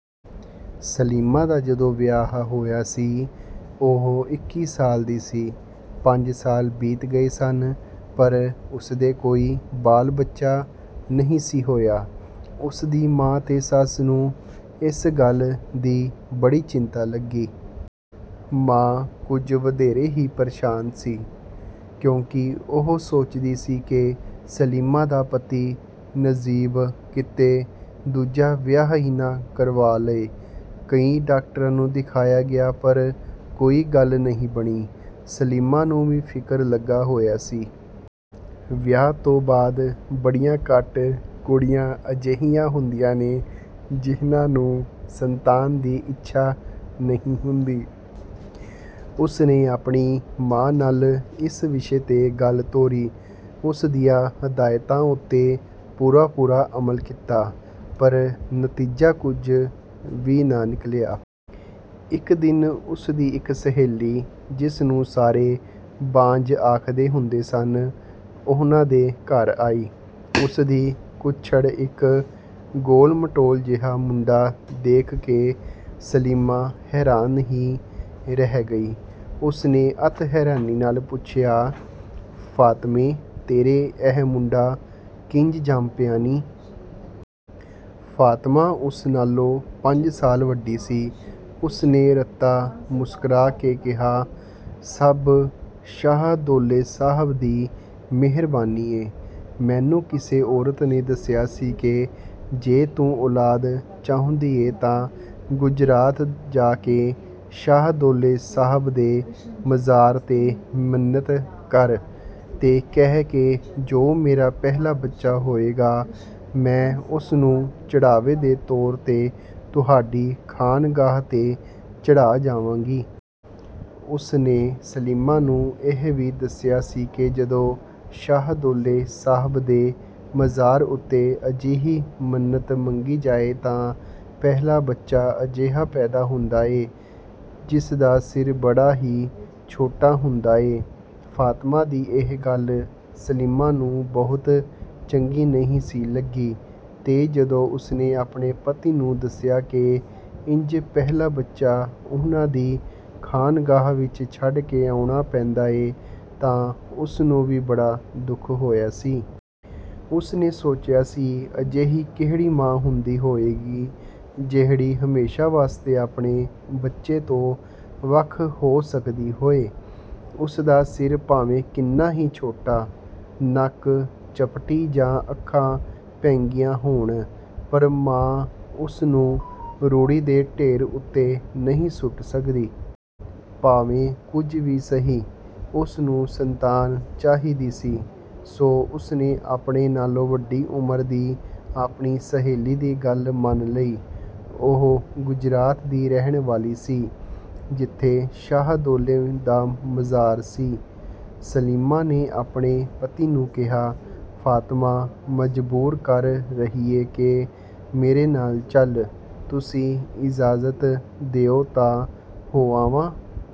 ਸਲੀਮਾ ਦਾ ਜਦੋਂ ਵਿਆਹ ਹੋਇਆ ਸੀ, ਉਹ ਇੱਕੀ ਸਾਲ ਦੀ ਸੀ। ਪੰਜ ਸਾਲ ਬੀਤ ਗਏ ਸਨ, ਪਰ ਉਸਦੇ ਕੋਈ ਬਾਲ-ਬੱਚਾ ਨਹੀਂ ਸੀ ਹੋਇਆ। ਉਸਦੀ ਮਾਂ ਤੇ ਸੱਸ ਨੂੰ ਇਸ ਗੱਲ ਦੀ ਬੜੀ ਚਿੰਤਾ ਲੱਗੀ। ਮਾਂ ਕੁਝ ਵਧੇਰੇ ਹੀ ਪਰੇਸ਼ਾਨ ਸੀ, ਕਿਉਂਕਿ ਉਹ ਸੋਚਦੀ ਸੀ ਕਿ ਸਲੀਮਾ ਦਾ ਪਤੀ ਨਜ਼ੀਬ ਕਿਤੇ ਦੂਜਾ ਵਿਆਹ ਹੀ ਨਾ ਕਰਵਾ ਲਏ। ਕਈ ਡਾਕਟਰਾਂ ਨੂੰ ਦਿਖਾਇਆ ਗਿਆ, ਪਰ ਕੋਈ ਗੱਲ ਨਹੀਂ ਬਣੀ। ਸਲੀਮਾ ਨੂੰ ਵੀ ਫਿਕਰ ਲੱਗਾ ਹੋਇਆ ਸੀ। ਵਿਆਹ ਤੋਂ ਬਾਅਦ ਬੜੀਆਂ ਘੱਟ ਕੁੜੀਆਂ ਅਜਿਹੀਆਂ ਹੁੰਦੀਆਂ ਨੇ, ਜਿਹਨਾਂ ਨੂੰ ਸੰਤਾਨ ਦੀ ਇੱਛਾ ਨਹੀਂ ਹੁੰਦੀ। ਉਸਨੇ ਆਪਣੀ ਮਾਂ ਨਾਲ ਇਸ ਵਿਸ਼ੇ ਤੇ ਗੱਲ ਤੋਰੀ, ਉਸਦੀਆਂ ਹਦਾਇਤਾਂ ਉੱਤੇ ਪੂਰਾ-ਪੂਰਾ ਅਮਲ ਕੀਤਾ, ਪਰ ਨਤੀਜਾ ਕੁਝ ਵੀ ਨਾ ਨਿਕਲਿਆ। ਇਕ ਦਿਨ ਉਸਦੀ ਇਕ ਸਹੇਲੀ, ਜਿਸਨੂੰ ਸਾਰੇ ਬਾਂਝ ਆਖਦੇ ਹੁੰਦੇ ਸਨ, ਉਹਨਾਂ ਦੇ ਘਰ ਆਈ। ਉਸਦੀ ਕੁੱਛੜ ਇਕ ਗੋਲ-ਮਟੋਲ ਜਿਹਾ ਮੁੰਡਾ ਦੇਖ ਕੇ ਸਲੀਮਾ ਹੈਰਾਨ ਹੀ ਰਹਿ ਗਈ। ਉਸਨੇ ਅਤਿ ਹੈਰਾਨੀ ਨਾਲ ਪੁੱਛਿਆ, “ਫਾਤਮੇਂ, ਤੇਰੇ ਅਹਿ ਮੁੰਡਾ ਕਿੰਜ ਜੰਮ ਪਿਆ ਨੀਂ?” ਫਾਤਮਾ ਉਸ ਨਾਲੋਂ ਪੰਜ ਸਾਲ ਵੱਡੀ ਸੀ। ਉਸਨੇ ਰਤਾ ਮੁਸਕਰਾ ਕੇ ਕਿਹਾ, “ਸਭ ਸ਼ਾਹਦੌਲੇ ਸਾਹਬ ਦੀ ਮਿਹਰਬਾਨੀ ਏ। ਮੈਨੂੰ ਕਿਸੇ ਔਰਤ ਨੇ ਦੱਸਿਆ ਸੀ ਕਿ ਜੇ ਤੂੰ ਔਲਾਦ ਚਾਹੁੰਦੀ ਏਂ ਤਾਂ ਗੁਜਰਾਤ ਜਾ ਕੇ ਸ਼ਾਹਦੌਲੇ ਸਾਹਬ ਦੇ ਮਜ਼ਾਰ ਤੇ ਮਿੰਨਤ ਕਰ, ਤੇ ਕਹਿ ਕਿ ਜੋ ਮੇਰਾ ਪਹਿਲਾ ਬੱਚਾ ਹੋਏਗਾ, ਮੈਂ ਉਸਨੂੰ ਚੜ੍ਹਾਵੇ ਦੇ ਤੌਰ ਤੇ ਤੁਹਾਡੀ ਖਾਨਗਾਹ ਤੇ ਚੜ੍ਹਾਅ ਜਾਵਾਂਗੀ।” ਉਸਨੇ ਸਲੀਮਾ ਨੂੰ ਇਹ ਵੀ ਦੱਸਿਆ ਸੀ ਕਿ ਜਦੋਂ ਸ਼ਾਹਦੌਲੇ ਸਾਹਬ ਦੇ ਮਜ਼ਾਰ ਉੱਤੇ ਅਜਿਹੀ ਮਿੰਨਤ ਮੰਗੀ ਜਾਏ, ਤਾਂ ਪਹਿਲਾ ਬੱਚਾ ਅਜਿਹਾ ਪੈਦਾ ਹੁੰਦਾ ਏ, ਜਿਸਦਾ ਸਿਰ ਬੜਾ ਹੀ ਛੋਟਾ ਹੁੰਦਾ ਏ। ਫਾਤਮਾ ਦੀ ਇਹ ਗੱਲ ਸਲੀਮਾ ਨੂੰ ਬਹੁਤੀ ਚੰਗੀ ਨਹੀਂ ਸੀ ਲੱਗੀ ਤੇ ਜਦੋਂ ਉਸਨੇ ਆਪਣੇ ਪਤੀ ਨੂੰ ਦੱਸਿਆ ਕਿ ਇੰਜ ਪਹਿਲਾ ਬੱਚਾ ਉਹਨਾਂ ਦੀ ਖਾਨਗਾਹ ਵਿਚ ਛੱਡ ਕੇ ਆਉਣਾ ਪੈਂਦਾ ਏ, ਤਾਂ ਉਸਨੂੰ ਵੀ ਬੜਾ ਦੁੱਖ ਹੋਇਆ ਸੀ। ਉਸਨੇ ਸੋਚਿਆ ਸੀ, ਅਜਿਹੀ ਕਿਹੜੀ ਮਾਂ ਹੁੰਦੀ ਹੋਏਗੀ, ਜਿਹੜੀ ਹਮੇਸ਼ਾ ਵਾਸਤੇ ਆਪਣੇ ਬੱਚੇ ਤੋਂ ਵੱਖ ਹੋ ਸਕਦੀ ਹੋਏ? ਉਸਦਾ ਸਿਰ ਭਾਵੇਂ ਕਿੰਨਾ ਹੀ ਛੋਟਾ, ਨੱਕ ਚਪਟੀ ਜਾਂ ਅੱਖਾਂ ਭੈਂਗੀਆਂ ਹੋਣ, ਪਰ ਮਾਂ ਉਸਨੂੰ ਰੂੜੀ ਦੇ ਢੇਰ ਉੱਤੇ ਨਹੀਂ ਸੁੱਟ ਸਕਦੀ। ਭਾਵੇਂ ਕੁਝ ਵੀ ਸਹੀ, ਉਸਨੂੰ ਸੰਤਾਨ ਚਾਹੀਦੀ ਸੀ, ਸੋ ਉਸਨੇ ਆਪਣੇ ਨਾਲੋਂ ਵੱਡੀ ਉਮਰ ਦੀ ਆਪਣੀ ਸਹੇਲੀ ਦੀ ਗੱਲ ਮੰਨ ਲਈ। ਉਹ ਗੁਜਰਾਤ ਦੀ ਰਹਿਣ ਵਾਲੀ ਸੀ, ਜਿੱਥੇ ਸ਼ਾਹਦੌਲੇ ਦਾ ਮਜ਼ਾਰ ਸੀ। ਸਲੀਮਾ ਨੇ ਆਪਣੇ ਪਤੀ ਨੂੰ ਕਿਹਾ, "ਫਾਤਮਾ ਮਜਬੂਰ ਕਰ ਰਹੀ ਏ ਕਿ ਮੇਰੇ ਨਾਲ ਚਲ। ਤੁਸੀਂ ਇਜਾਜ਼ਤ ਦਿਓ ਤਾਂ ਹੋ ਆਵਾਂ?"